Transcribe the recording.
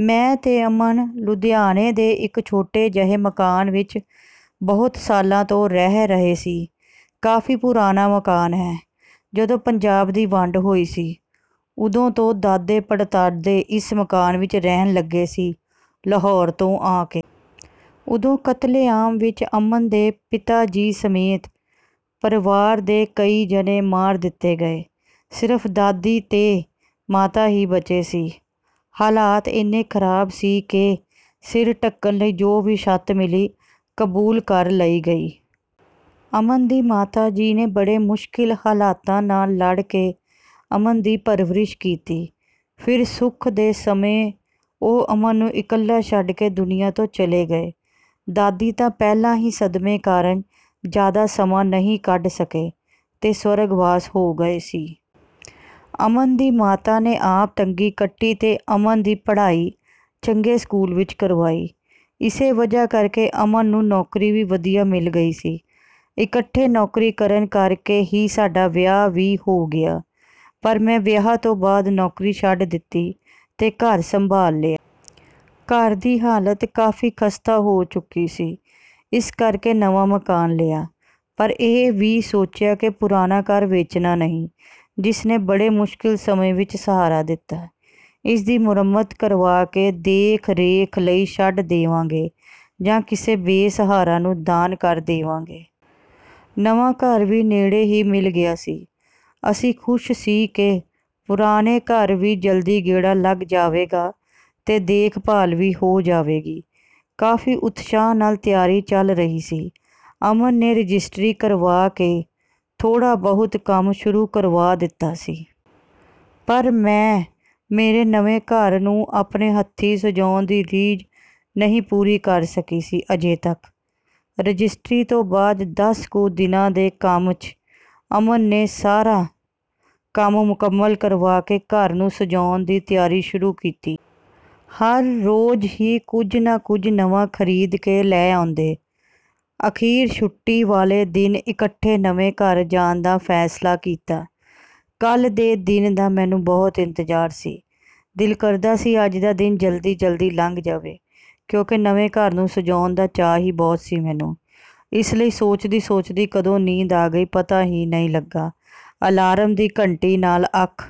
ਮੈਂ ਤੇ ਅਮਨ ਲੁਧਿਆਣਾ ਦੇ ਇੱਕ ਛੋਟੇ ਜਿਹੇ ਮਕਾਨ ਵਿੱਚ ਬਹੁਤ ਸਾਲਾਂ ਤੋਂ ਰਹਿ ਰਹੇ ਸੀ। ਕਾਫ਼ੀ ਪੁਰਾਣਾ ਮਕਾਨ ਹੈ। ਜਦੋਂ ਪੰਜਾਬ ਦੀ ਵੰਡ ਹੋਈ ਸੀ, ਉਦੋਂ ਤੋਂ ਦਾਦੇ-ਪੜਦਾਦੇ ਇਸ ਮਕਾਨ ਵਿੱਚ ਰਹਿਣ ਲੱਗੇ ਸੀ, ਲਾਹੌਰ ਤੋਂ ਆ ਕੇ। ਉਦੋਂ ਕਤਲੇਆਮ ਵਿੱਚ ਅਮਨ ਦੇ ਪਿਤਾ ਜੀ ਸਮੇਤ ਪਰਿਵਾਰ ਦੇ ਕਈ ਜਣੇ ਮਾਰ ਦਿੱਤੇ ਗਏ। ਸਿਰਫ਼ ਦਾਦੀ ਤੇ ਮਾਤਾ ਹੀ ਬਚੇ ਸੀ। ਹਾਲਾਤ ਏਨੇ ਖਰਾਬ ਸੀ ਕਿ ਸਿਰ ਢੱਕਣ ਲਈ ਜੋ ਵੀ ਛੱਤ ਮਿਲੀ, ਕਬੂਲ ਕਰ ਲਈ ਗਈ। ਅਮਨ ਦੀ ਮਾਤਾ ਜੀ ਨੇ ਬੜੇ ਮੁਸ਼ਕਿਲ ਹਾਲਾਤਾਂ ਨਾਲ ਲੜ ਕੇ ਅਮਨ ਦੀ ਪਰਵਰਿਸ਼ ਕੀਤੀ। ਫਿਰ, ਸੁੱਖ ਦੇ ਸਮੇਂ ਉਹ ਅਮਨ ਨੂੰ ਇਕੱਲਾ ਛੱਡ ਕੇ ਦੁਨੀਆ ਤੋਂ ਚਲੇ ਗਏ। ਦਾਦੀ ਤਾਂ ਪਹਿਲਾਂ ਹੀ ਸਦਮੇ ਕਾਰਨ ਜ਼ਿਆਦਾ ਸਮਾਂ ਨਹੀਂ ਕੱਢ ਸਕੇ ਤੇ ਸਵਰਗਵਾਸ ਹੋ ਗਏ ਸੀ। ਅਮਨ ਦੀ ਮਾਤਾ ਨੇ ਆਪ ਤੰਗੀ ਕੱਟੀ ਤੇ ਅਮਨ ਦੀ ਪੜ੍ਹਾਈ ਚੰਗੇ ਸਕੂਲ ਵਿੱਚ ਕਰਵਾਈ। ਇਸੇ ਵਜ੍ਹਾ ਕਰਕੇ ਅਮਨ ਨੂੰ ਨੌਕਰੀ ਵੀ ਵਧੀਆ ਮਿਲ ਗਈ ਸੀ। ਇਕੱਠੇ ਨੌਕਰੀ ਕਰਨ ਕਰਕੇ ਹੀ ਸਾਡਾ ਵਿਆਹ ਵੀ ਹੋ ਗਿਆ, ਪਰ ਮੈਂ ਵਿਆਹ ਤੋਂ ਬਾਅਦ ਨੌਕਰੀ ਛੱਡ ਦਿੱਤੀ ਤੇ ਘਰ ਸੰਭਾਲ ਲਿਆ। ਘਰ ਦੀ ਹਾਲਤ ਕਾਫ਼ੀ ਖਸਤਾ ਹੋ ਚੁੱਕੀ ਸੀ। ਇਸ ਕਰਕੇ ਨਵਾਂ ਮਕਾਨ ਲਿਆ। ਪਰ ਇਹ ਵੀ ਸੋਚਿਆ ਕਿ ਪੁਰਾਣਾ ਘਰ ਵੇਚਣਾ ਨਹੀਂ, ਜਿਸ ਨੇ ਬੜੇ ਮੁਸ਼ਕਿਲ ਸਮੇਂ ਵਿੱਚ ਸਹਾਰਾ ਦਿੱਤਾ। ਇਸ ਦੀ ਮੁਰੰਮਤ ਕਰਵਾ ਕੇ ਦੇਖ-ਰੇਖ ਲਈ ਛੱਡ ਦੇਵਾਂਗੇ ਜਾਂ ਕਿਸੇ ਬੇਸਹਾਰਾ ਨੂੰ ਦਾਨ ਕਰ ਦੇਵਾਂਗੇ। ਨਵਾਂ ਘਰ ਵੀ ਨੇੜੇ ਹੀ ਮਿਲ ਗਿਆ ਸੀ। ਅਸੀਂ ਖੁਸ਼ ਸੀ ਕਿ ਪੁਰਾਣੇ ਘਰ ਵੀ ਜਲਦੀ ਗੇੜਾ ਲੱਗ ਜਾਵੇਗਾ ਤੇ ਦੇਖ-ਭਾਲ ਵੀ ਹੋ ਜਾਵੇਗੀ। ਕਾਫ਼ੀ ਉਤਸ਼ਾਹ ਨਾਲ ਤਿਆਰੀ ਚੱਲ ਰਹੀ ਸੀ। ਅਮਨ ਨੇ ਰਜਿਸਟਰੀ ਕਰਵਾ ਕੇ ਥੋੜ੍ਹਾ-ਬਹੁਤ ਕੰਮ ਸ਼ੁਰੂ ਕਰਵਾ ਦਿੱਤਾ ਸੀ। ਪਰ ਮੈਂ ਮੇਰੇ ਨਵੇਂ ਘਰ ਨੂੰ ਆਪਣੇ ਹੱਥੀਂ ਸਜਾਉਣ ਦੀ ਰੀਝ ਨਹੀਂ ਪੂਰੀ ਕਰ ਸਕੀ ਸੀ ਅਜੇ ਤੱਕ...। ਰਜਿਸਟਰੀ ਤੋਂ ਬਾਅਦ ਦਸ ਕੁ ਦਿਨਾਂ ਦੇ ਕੰਮ 'ਚ ਅਮਨ ਨੇ ਸਾਰਾ ਕੰਮ ਮੁਕੰਮਲ ਕਰਵਾ ਕੇ ਘਰ ਨੂੰ ਸਜਾਉਣ ਦੀ ਤਿਆਰੀ ਸ਼ੁਰੂ ਕੀਤੀ। ਹਰ ਰੋਜ਼ ਹੀ ਕੁਝ ਨਾ ਕੁਝ ਨਵਾਂ ਖਰੀਦ ਕੇ ਲੈ ਆਉਂਦੇ। ਅਖੀਰ ਛੁੱਟੀ ਵਾਲੇ ਦਿਨ ਇਕੱਠੇ ਨਵੇਂ ਘਰ ਜਾਣ ਦਾ ਫ਼ੈਸਲਾ ਕੀਤਾ। ਕੱਲ੍ਹ ਦੇ ਦਿਨ ਦਾ ਮੈਨੂੰ ਬਹੁਤ ਇੰਤਜ਼ਾਰ ਸੀ। ਦਿਲ ਕਰਦਾ ਸੀ ਅੱਜ ਦਾ ਦਿਨ ਜਲਦੀ-ਜਲਦੀ ਲੰਘ ਜਾਵੇ, ਕਿਉਂਕਿ ਨਵੇਂ ਘਰ ਨੂੰ ਸਜਾਉਣ ਦਾ ਚਾਅ ਹੀ ਬਹੁਤ ਸੀ ਮੈਨੂੰ, ਇਸ ਲਈ ਸੋਚਦੀ-ਸੋਚਦੀ ਕਦੋਂ ਨੀਂਦ ਆ ਗਈ, ਪਤਾ ਹੀ ਨਹੀਂ ਲੱਗਾ। ਅਲਾਰਮ ਦੀ ਘੰਟੀ ਨਾਲ ਅੱਖ...